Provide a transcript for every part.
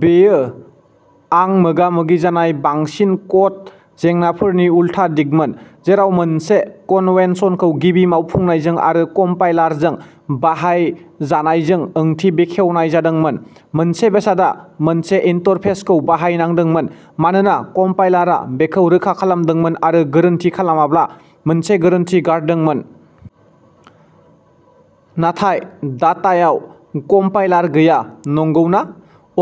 बेयो आं मोगा-मोगि जानाय बांसिन क'ड जेंनाफोरनि उलथा दिगमोन, जेराव मोनसे कन्वेन्शनखौ गिबि मावफुंनायजों आरो कम्पाइलारजों बाहायजानायजों ओंथि बेखेवनाय जादोंमोन। मोनसे बेसादआ मोनसे इन्टरफेसखौ बाहायनांदोंमोन मानोना कम्पाइलारआ बेखौ रोखा खालामदोंमोन, आरो गोरोन्थि खालामाब्ला मोनसे गोरोन्थि गारदोंमोन। नाथाय डाटायाव कम्पाइलार गैया, नंगौना?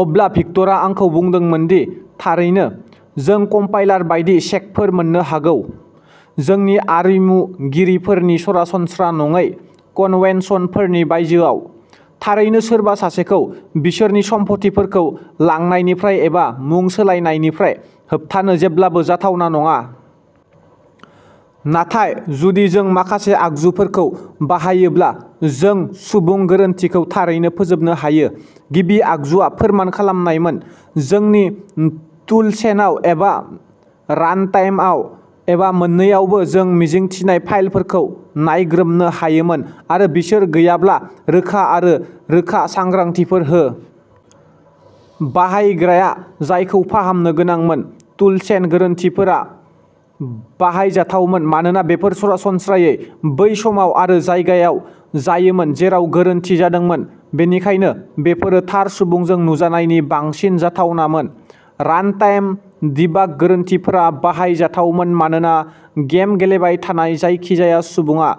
अब्ला भिक्टरआ आंखौ बुंदोंमोन दि थारैनो, जों कम्पाइलार बायदि चेकफोर मोन्नो हागौ, जोंनि आरिमुगिरिफोरनि सरासनस्रा नङै कन्वेन्शनफोरनि बायजोआव। थारैनो, सोरबा सासेखौ बिसोरनि सम्फथिफोरखौ लांनायनिफ्राय एबा मुं सोलायनायनिफ्राय होबथानो जेब्लाबो जाथावना नङा। नाथाय जुदि जों माखासे आगजुफोरखौ बाहायोब्ला जों सुबुं गोरोन्थिखौ थारैनो फोजोबनो हायो। गिबि आगजुआ फोरमान खालामनायमोन। जोंनि टुलचेनआव, एबा रानटाइमआव, एबा मोन्नैआवबो, जों मिजिंथिनाय फाइलफोरखौ नायग्रोमनो हायोमोन, आरो बिसोर गैयाब्ला, रोखा आरो रोखा सांग्रांथिफोर हो। बाहायग्राया जायखौ फाहामनो गोनांमोन। टुलचेन गोरोन्थिफोरा बाहायजाथावमोन मानोना बेफोर सरासनस्रायै बै समाव आरो जायगायाव जायोमोन जेराव गोरोन्थि जादोंमोन, बेनिखायनो बेफोरो थार सुबुंजों नुजानायनि बांसिन जाथावनामोन। रानटाइम डिबाग गोरोन्थिफोरा बाहायजाथावमोन मानोना गेम गेलेबाय थानाय जायखिजाया सुबुङा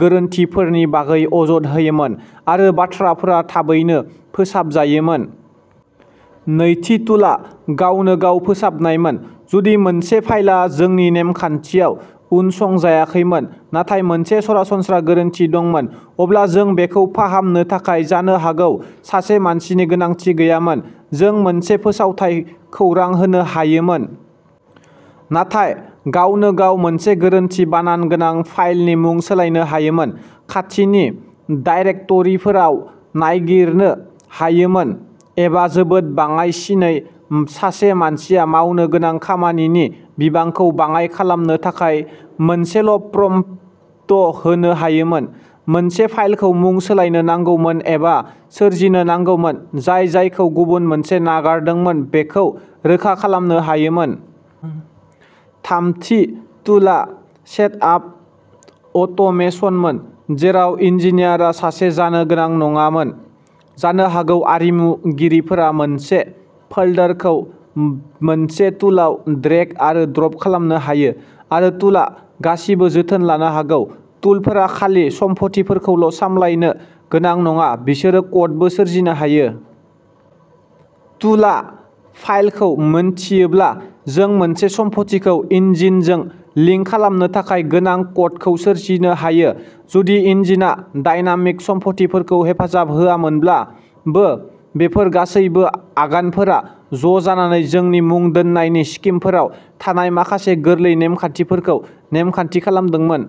गोरोन्थिफोरनि बागै अजद होयोमोन, आरो बाथ्राफोरा थाबैनो फोसाबजायोमोन। नैथि टुलआ गावनो गाव फोसाबनायमोन। जुदि मोनसे फाइलआ जोंनि नेमखान्थियाव उनसंजायाखैमोन नाथाय मोनसे सरासनस्रा गोरोन्थि दंमोन, अब्ला जों बेखौ फाहामनो थाखाय जानो हागौ सासे मानसिनि गोनांथि गैयामोन। जों मोनसे फोसावथाय खौरां होनो हायोमोन, नाथाय गावनो गाव मोनसे गोरोन्थि बानान गोनां फाइलनि मुं सोलायनो हायोमोन, खाथिनि दाइरेक्ट'रिफोराव नागिरनो हायोमोन, एबा जोबोद बाङाइसिनै, सासे मानसिया मावनो गोनां खामानिनि बिबांखौ बाङाय खालामनो थाखाय मोनसेल'प्रम्पट होनो हायोमोन, मोनसे फाइलखौ मुं सोलायनो नांगौमोन, एबा सोरजिनो नांगौमोन, एबा जायखौ गुबुन मोनसे नागारदोंमोन बेखौ रोखा खालामनो हायोमोन। थामथि टुलआ सेटआप अट'मेसनमोन, जेराव इन्जिनियारआ सासे जानो गोनां नङामोन। जानो हागौ आरिमुगिरिफोरा मोनसे फोल्डरखौ मोनसे टुलआव ड्रेग आरो ड्रप खालामनो हायो, आरो टुलआ गासिबो जोथोन लानो हागौ। टुलफोरा खालि सम्फथिफोरखौल'सामलायनो गोनां नङा, बिसोरो क'डबो सोरजिनो हायो। टुलआ फाइलखौ मिन्थियोब्ला, जों मोनसे सम्फथिखौ इन्जिनजों लिंक खालामनो थाखाय गोनां क'डखौ सोरजिनो हायो, जुदि इन्जिनआ डायनामिक सम्फथिफोरखौ हेफाजाब होआमोनब्लाबो। बेफोर गासैबो आगानफोरा ज'जानानै जोंनि मुं दोननायनि स्किमफोराव थानाय माखासे गोरलै नेमखान्थिफोरखौ नेमखान्थि खालामदोंमोन।